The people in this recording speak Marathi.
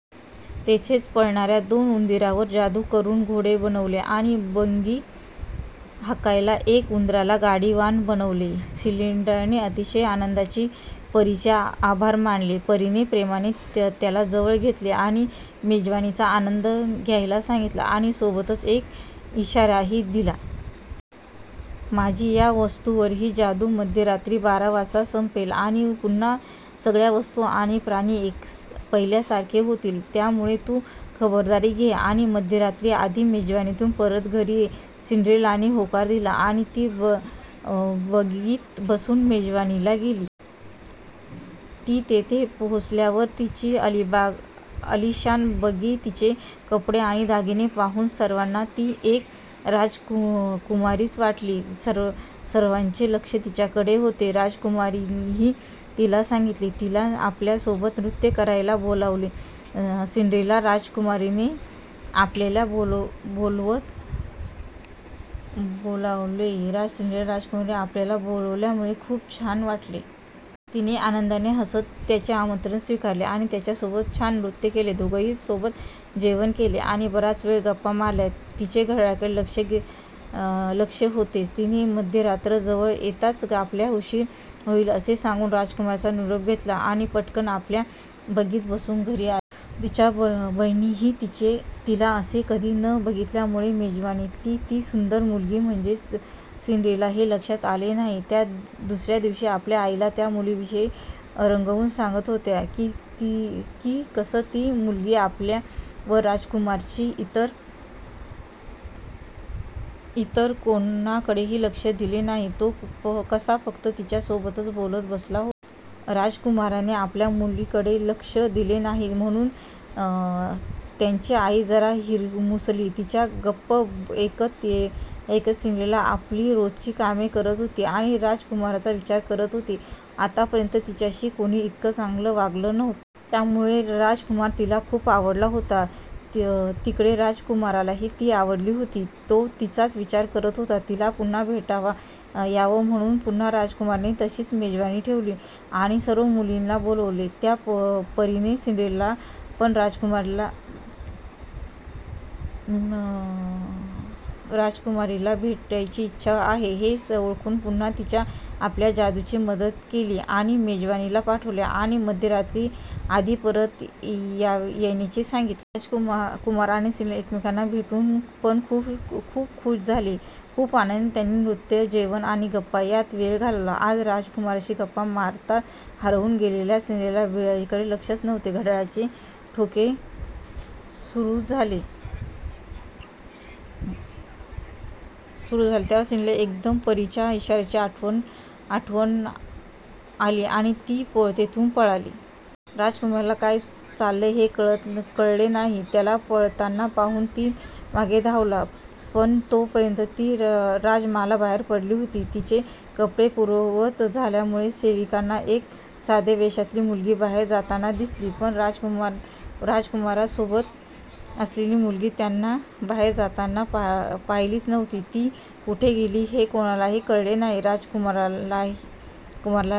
तिथेच पळणाऱ्या दोन उंदरांवर जादु करून घोडे बनवले आणि बग्गी हाकायला एका उंदराला गाडीवान बनवले. सिंड्रेलाने अतिशय आनंदाने परीचे आभार मानले. परीने प्रेमाने तिला जवळ घेतले आणि मेजवानीचा आनंद घ्यायला सांगितले आणि सोबतच एक इशाराही दिला. माझी या वस्तूंवरची जादु मध्यरात्री बारा वाजता संपेल आणि पुन्हा सगळ्या वस्तू आणि प्राणी पहिल्यासारखे होतील. त्यामुळे तु खबरदारी घे आणि मध्यरात्री आधी मेजवानीतून परत घरी ये. सिंड्रेलाने होकार दिला आणि ती बग्गीत बसुन मेजवानीला गेली. ती तिथे पोहोचल्यावर तिची आलिशान बग्गी, तिचे कपडे आणि दागिने पाहुन सर्वांना ती एक राजकुमारीच वाटली. सर्वांचे लक्ष तिच्याकडेच होते. राजकुमारानेही तिला पाहिले. तिला आपल्यासोबत नृत्य करायला बोलावले. सिंड्रेलाला राजकुमाराने आपल्याला बोलावल्यामुळे खुप छान वाटले. तिने आनंदाने हसत त्याचे आमंत्रण स्वीकारले आणि त्याच्यासोबत छान नृत्य केले. दोघांनी सोबत जेवण केले आणि बऱ्याच वेळ गप्पा मारल्या. तिचे घड्याळाकडे लक्ष होतेच. तिने मध्यरात्र जवळ येताच आपल्याला उशीर होईल असे सांगून राजकुमाराच्या निरोप घेतला आणि पटकन आपल्या बग्गीत बसून घरी आली. तिच्या बहिणींनीही तिला असे कधी न बघितल्यामुळे मेजवानीतली ती सुंदर मुलगी म्हणजे आपली सिंड्रेलाच हे लक्षात आले नाही. त्या दुसऱ्या दिवशी आपल्या आईला त्या मुलीविषयी रंगवुन सांगत होत्या, कि कसं ती मुलगी आल्यावर राजकुमाराने इतर कोणाकडेही लक्ष दिले नाही, तो कसा फक्त तिच्यासोबतच बोलत बसला होता. राजकुमाराने आपल्या मुलींकडे लक्ष दिले नाही म्हणून त्यांची आई जरा हिरमुसली. त्यांच्या गप्पा ऐकत ऐकत सिंड्रेला आपली रोजची कामे करत होती आणि राजकुमाराचा विचार करत होती. आतापर्यंत तिच्याशी कोणी इतकं चांगलं वागलं नव्हतं. त्यामुळे राजकुमार तिला खुप आवडला होता. तिकडे राजकुमारालाही ती खुप आवडली होती. तो तिचाच विचार करत होता. तिला पुन्हा भेटता यावं म्हणुन पुन्हा राजकुमाराने तशीच मेजवानी ठेवली आणि सर्व मुलींना बोलावले. त्या परीने सिंड्रेलाची पण राजकुमाराला भेटण्याची इच्छा आहे हे ओळखुन पुन्हा तिची आपल्या जादूने मदत केली आणि मेजवानीला पाठवले, आणि मध्यरात्री आधी परत येण्याचे सांगितले. राजकुमार आणि सिंड्रेला एकमेकांना भेटुन खुप खुश झाले. खूप आनंदाने त्यांनी नृत्य, जेवण, गप्पा यात वेळ घालवला. आज राजकुमाराशी गप्पा मारण्यात हरवुन गेल्यामुळे सिंड्रेलाचे वेळेकडे लक्षच नव्हते. घड्याळाचे ठोके सुरु झाले तेव्हा सिंड्रेलाला एकदम परीचा इशारा आठवला आणि ती तिथुन पळाली. राजकुमाराला काय चाललंय हे कळले नाही. तिला पळताना पाहून तो तिच्यामागे धावला. पण तोपर्यंत ती राजमहालाबाहेर पडली होती. तिचे कपडे पूर्ववत झाल्यामुळे सेवकांना एक सध्या वेशातली मुलगी बाहेर जाताना दिसली, पण राजकुमारासोबत असलेली मुलगी त्यांनी बाहेर जाताना पाहिलीच नव्हती. ती कुठे गेली हे कोणालाही कळले नाही. राजकुमाराला तिने